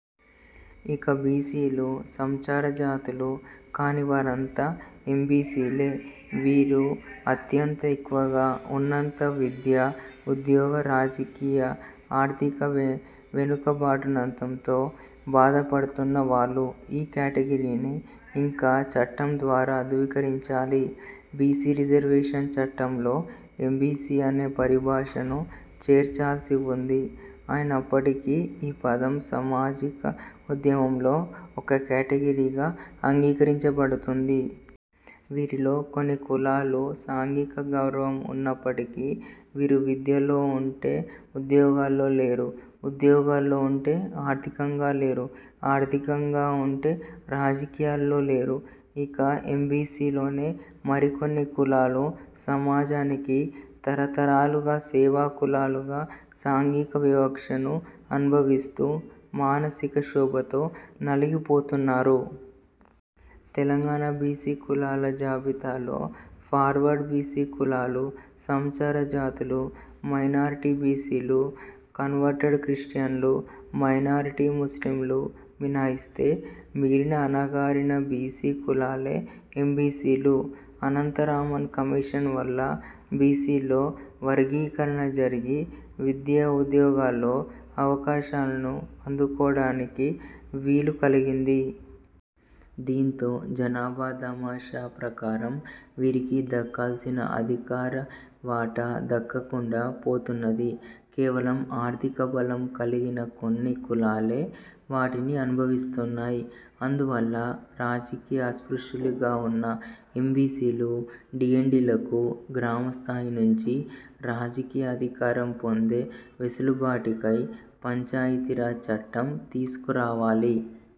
ఇక బీసీలు, సంచార జాతులు కానివారంతా ఎంబీసీలే. వీరు అత్యంత ఎక్కువగా ఉన్నంత విద్యా, ఉద్యోగ, రాజకీయ, ఆర్థిక వెనకబాటుతనంతో బాధపడుతున్న వాళ్లు. ఈ కేటగిరీని ఇంకా చట్టం ద్వారా ధ్రువీకరించాలి. బీసీ రిజర్వేషన్ చట్టంలో ఎంబీసీ అనే పరిభాషను చేర్చాల్సి వుంది. అయినప్పటికీ ఈ పదం సామాజిక ఉద్యమంలో ఒక కేటగిరీగా అంగీకరించబడుతూంది. వీరిలో కొన్ని కులాలు సాంఘిక గౌరవం ఉన్నప్పటికీ వీరు విద్యలో ఉంటే, ఉద్యోగాల్లో లేరు. ఉద్యోగాల్లో ఉంటే ఆర్థికంగా లేరు. ఆర్థికంగా ఉంటే రాజకీయాల్లో లేరు. ఇక ఎంబీసీల్లోనే మరికొన్ని కులాలు సమాజానికి తరతరాలుగా సేవా కులాలుగా సాంఘిక వివక్షను అనుభవిస్తూ, మానసిక క్షోభతో నలిగిపోతున్నారు. తెలంగాణ బీసీ కులాల జాబితాలో ఫార్వర్డ్ బీసీ కులాలు, సంచార జాతులు, మైనారిటీ బీసీలు కన్వర్టెడ్ క్రిష్టియన్లు, మైనారిటీ ముస్లింలు, మినహాయిస్తే మిగిలిన అణగారిన బీసీ కులాలే ఎంబీసీలు. అనంతరామన్ కమిషన్ వల్ల బీసీల్లో వర్గీకరణ జరిగి, విద్యా, ఉద్యోగాల్లో అవకాశాలను అందుకోవడానికి వీలు కలిగింది. దీంతో జనాభా దామాషా ప్రకారం వీరికి దక్కాల్సిన అధికార వాటా దక్కకుండా పోతున్నది. కేవలం ఆర్థిక బలం కలిగిన కొన్ని కులాలే వాటిని అనుభవిస్తున్నాయి. అందువల్ల రాజకీయ అస్పృశ్యులుగా ఉన్న ఎంబీసీలు, డీఎన్టీలకు గ్రామస్థాయి నుంచి రాజకీయ అధికారం పొందే వెసులుబాటుకై పంచాయతీరాజ్ చట్టం తీసుకురావాలి.